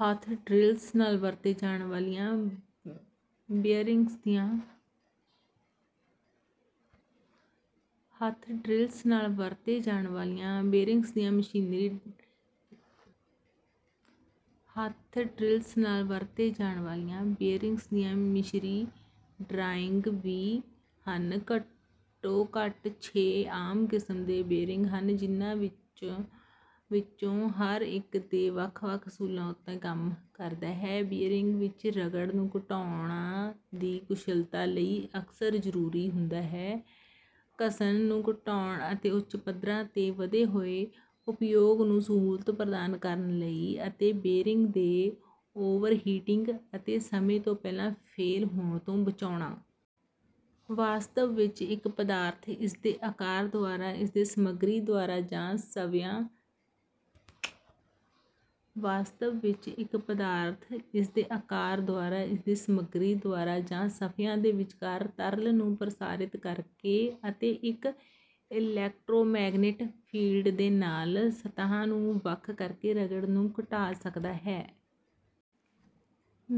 ਹੱਥ ਡ੍ਰਿਲਸ ਨਾਲ ਵਰਤੇ ਜਾਣ ਵਾਲੀਆਂ ਬੇਅਰਿੰਗਜ਼ ਦੀਆਂ ਮਿਸਰੀ ਡਰਾਇੰਗ ਵੀ ਹਨ। ਘੱਟੋ ਘੱਟ ਛੇ ਆਮ ਕਿਸਮ ਦੇ ਬੇਅਰਿੰਗ ਹਨ ਜਿਨ੍ਹਾਂ ਵਿੱਚੋਂ ਹਰ ਇੱਕ ਦੇ ਵੱਖ ਵੱਖ ਅਸੂਲਾਂ ਉੱਤੇ ਕੰਮ ਕਰਦਾ ਹੈ। ਬੀਅਰਿੰਗ ਵਿੱਚ ਰਗੜ ਨੂੰ ਘਟਾਉਣਾ ਦੀ ਕੁਸ਼ਲਤਾ ਲਈ ਅਕਸਰ ਜ਼ਰੂਰੀ ਹੁੰਦਾ ਹੈ ਘਸਨ ਨੂੰ ਘਟਾਉਣ ਅਤੇ ਉੱਚ ਪੱਧਰਾਂ ਤੇ ਵਧੇ ਹੋਏ ਉਪਯੋਗ ਦੀ ਸਹੂਲਤ ਪ੍ਰਦਾਨ ਕਰਨ ਲਈ ਅਤੇ ਬੇਰਿੰਗ ਦੇ ਓਵਰਹੀਟਿੰਗ ਅਤੇ ਸਮੇਂ ਤੋਂ ਪਹਿਲਾਂ ਫੇਲ ਹੋਣ ਤੋਂ ਬਚਾਉਣਾ। ਵਾਸਤਵ ਵਿੱਚ ਇੱਕ ਪਦਾਰਥ ਇਸਦੇ ਆਕਾਰ ਦੁਆਰਾ ਇਸਦੇ ਸਮਗਰੀ ਦੁਆਰਾ ਜਾਂ ਸਫਿਆਂ ਦੇ ਵਿਚਕਾਰ ਤਰਲ ਨੂੰ ਪ੍ਰਸਾਰਿਤ ਕਰਕੇ ਅਤੇ ਇੱਕ ਇਲੈਕਟ੍ਰੋਮੈਗਨੈਟਿਕ ਫੀਲਡ ਦੇ ਨਾਲ ਸਤਹਾਂ ਨੂੰ ਵੱਖ ਕਰਕੇ ਰਗੜ ਨੂੰ ਘਟਾ ਸਕਦਾ ਹੈ।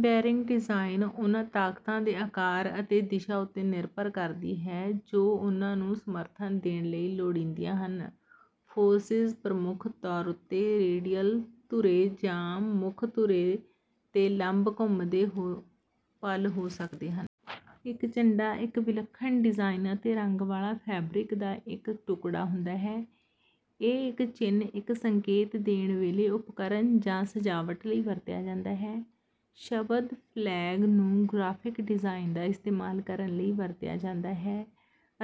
ਬੈਰਿੰਗ ਡਿਜ਼ਾਈਨ ਉਨ੍ਹਾਂ ਤਾਕਤਾਂ ਦੇ ਆਕਾਰ ਅਤੇ ਦਿਸ਼ਾ ਉੱਤੇ ਨਿਰਭਰ ਕਰਦੀ ਹੈ ਜੋ ਉਹਨਾਂ ਨੂੰ ਸਮਰਥਨ ਦੇਣ ਲਈ ਲੋੜੀਂਦੀਆਂ ਹਨ। ਫੋਰਸਿਜ਼ ਪ੍ਰਮੁਖ ਤੌਰ ਉੱਤੇ ਰੇਡਿਅਲ ਧੁਰੇ ਜਾਂ ਮੁੱਖ ਧੁਰੇ ਤੇ ਲੰਬ ਘੁੰਮਦੇ ਪਲ ਹੋ ਸਕਦੇ ਹਨ। ਇੱਕ ਝੰਡਾ ਇੱਕ ਵਿਲੱਖਣ ਡਿਜ਼ਾਇਨ ਅਤੇ ਰੰਗ ਵਾਲਾ ਫੈਬਰਿਕ ਦਾ ਇੱਕ ਟੁਕੜਾ ਹੁੰਦਾ ਹੈ। ਇਹ ਇੱਕ ਚਿੰਨ੍ਹ ਇੱਕ ਸੰਕੇਤ ਦੇਣ ਵੇਲੇ ਉਪਕਰਣ ਜਾਂ ਸਜਾਵਟ ਲਈ ਵਰਤਿਆ ਜਾਂਦਾ ਹੈ। ਸ਼ਬਦ ਫਲੈਗ ਨੂੰ ਵੀ ਗ੍ਰਾਫਿਕ ਡਿਜ਼ਾਇਨ ਦਾ ਇਸਤੇਮਾਲ ਕਰਨ ਲਈ ਵਰਤਿਆ ਜਾਂਦਾ ਹੈ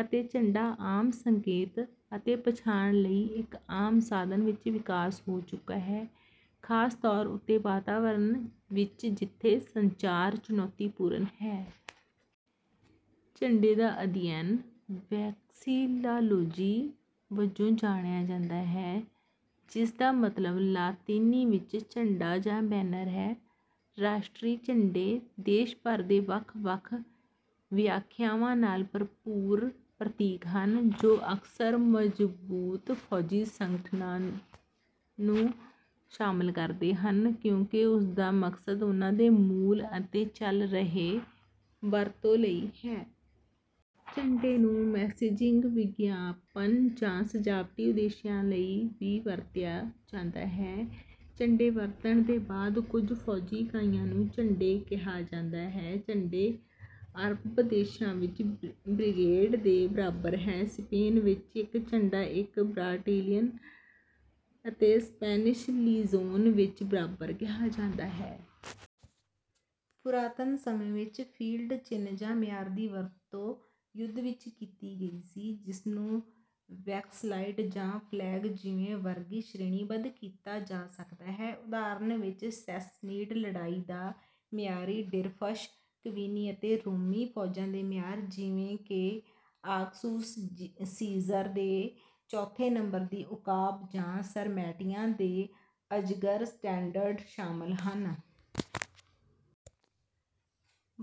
ਅਤੇ ਝੰਡਾ ਆਮ ਸੰਕੇਤ ਅਤੇ ਪਛਾਣ ਲਈ ਇੱਕ ਆਮ ਸਾਧਨ ਵਿੱਚ ਵਿਕਾਸ ਹੋ ਚੁੱਕਾ ਹੈ ਖਾਸ ਤੌਰ ਉੱਤੇ ਵਾਤਾਵਰਨ ਵਿੱਚ ਜਿੱਥੇ ਸੰਚਾਰ ਚੁਣੌਤੀਪੂਰਨ ਹੈ। ਝੰਡੇ ਦਾ ਅਧਿਐਨ ਵੈਕਸੀਲੋਲਾਜੀ ਵਜੋਂ ਜਾਣਿਆ ਜਾਂਦਾ ਹੈ ਜਿਸਦਾ ਮਤਲਬ ਲਾਤੀਨੀ ਵਿੱਚ ਝੰਡਾ ਜਾਂ ਬੈਨਰ ਹੈ। ਰਾਸ਼ਟਰੀ ਝੰਡੇ ਦੇਸ਼ ਭਰ ਦੇ ਵੱਖ ਵੱਖ ਵਿਆਖਿਆਵਾਂ ਨਾਲ ਭਰਪੂਰ ਪ੍ਰਤੀਕ ਹਨ ਜੋ ਅਕਸਰ ਮਜ਼ਬੂਤ ਫੌਜੀ ਸੰਗਠਨਾਂ ਨੂੰ ਸ਼ਾਮਲ ਕਰਦੇ ਹਨ ਕਿਉਂਕਿ ਉਸਦਾ ਮਕਸਦ ਉਨ੍ਹਾਂ ਦੇ ਮੂਲ ਅਤੇ ਚਲ ਰਹੇ ਵਰਤੋਂ ਲਈ ਹੈ। ਝੰਡੇ ਨੂੰ ਮੈਸੇਜਿੰਗ ਵਿਗਿਆਪਨ ਜਾਂ ਸਜਾਵਟੀ ਉਦੇਸ਼ਾਂ ਲਈ ਵੀ ਵਰਤਿਆ ਜਾਂਦਾ ਹੈ। ਝੰਡੇ ਵਰਤਣ ਦੇ ਬਾਅਦ ਕੁਝ ਫੌਜੀ ਇਕਾਈਆਂ ਨੂੰ ਝੰਡੇ ਕਿਹਾ ਜਾਂਦਾ ਹੈ। ਝੰਡੇ ਅਰਬ ਦੇਸ਼ਾਂ ਵਿੱਚ ਬ੍ਰਿਗੇਡ ਦੇ ਬਰਾਬਰ ਹੈ। ਸਪੇਨ ਵਿੱਚ ਇੱਕ ਝੰਡਾ ਇੱਕ ਬਰਾਟੀਲੀਅਨ ਅਤੇ ਸਪੈਨਿਸ਼ ਲੀਜੋਨ ਵਿੱਚ ਬਰਾਬਰ ਕਿਹਾ ਜਾਂਦਾ ਹੈ। ਪੁਰਾਤਨ ਸਮੇਂ ਵਿੱਚ ਫੀਲਡ ਚਿੰਨ੍ਹ ਜਾਂ ਮਿਆਰ ਦੀ ਵਰਤੋਂ ਯੁੱਧ ਵਿੱਚ ਕੀਤੀ ਗਈ ਸੀ ਜਿਸ ਨੂੰ ਵੈਕਸਲਾਇਡ ਜਾਂ ਫਲੈਗ ਜਿਵੇਂ ਵਰਗੀ ਸ਼੍ਰੇਣੀਬੱਧ ਕੀਤਾ ਜਾ ਸਕਦਾ ਹੈ। ਉਦਾਹਰਨ ਵਿੱਚ ਸੈਸਨੀਡ ਲੜਾਈ ਦਾ ਮਿਆਰੀ ਡਿਰਫਸ਼ ਕਵੀਨੀ ਅਤੇ ਰੋਮੀ ਫੌਜਾਂ ਦੇ ਮਿਆਰ ਜਿਵੇਂ ਕਿ ਆਗਸੁਸ ਸੀਜ਼ਰ ਦੇ ਚੌਥੇ ਨੰਬਰ ਦੀ ਉਕਾਬ ਜਾਂ ਸਰਮੈਟੀਆਂ ਦੇ ਅਜਗਰ ਸਟੈਂਡਰਡ ਸ਼ਾਮਲ ਹਨ।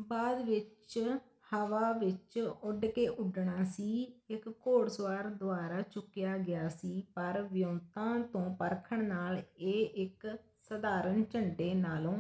ਬਾਅਦ ਵਿੱਚ ਹਵਾ ਵਿੱਚ ਉੱਡ ਕੇ ਉੱਡਣਾ ਸੀ ਇੱਕ ਘੋੜਸਵਾਰ ਦੁਆਰਾ ਚੁੱਕਿਆ ਗਿਆ ਸੀ ਪਰ ਵਿਉਂਤਾਂ ਤੋਂ ਪਰਖਣ ਨਾਲ ਇਹ ਇੱਕ ਸਧਾਰਨ ਝੰਡੇ ਨਾਲੋਂ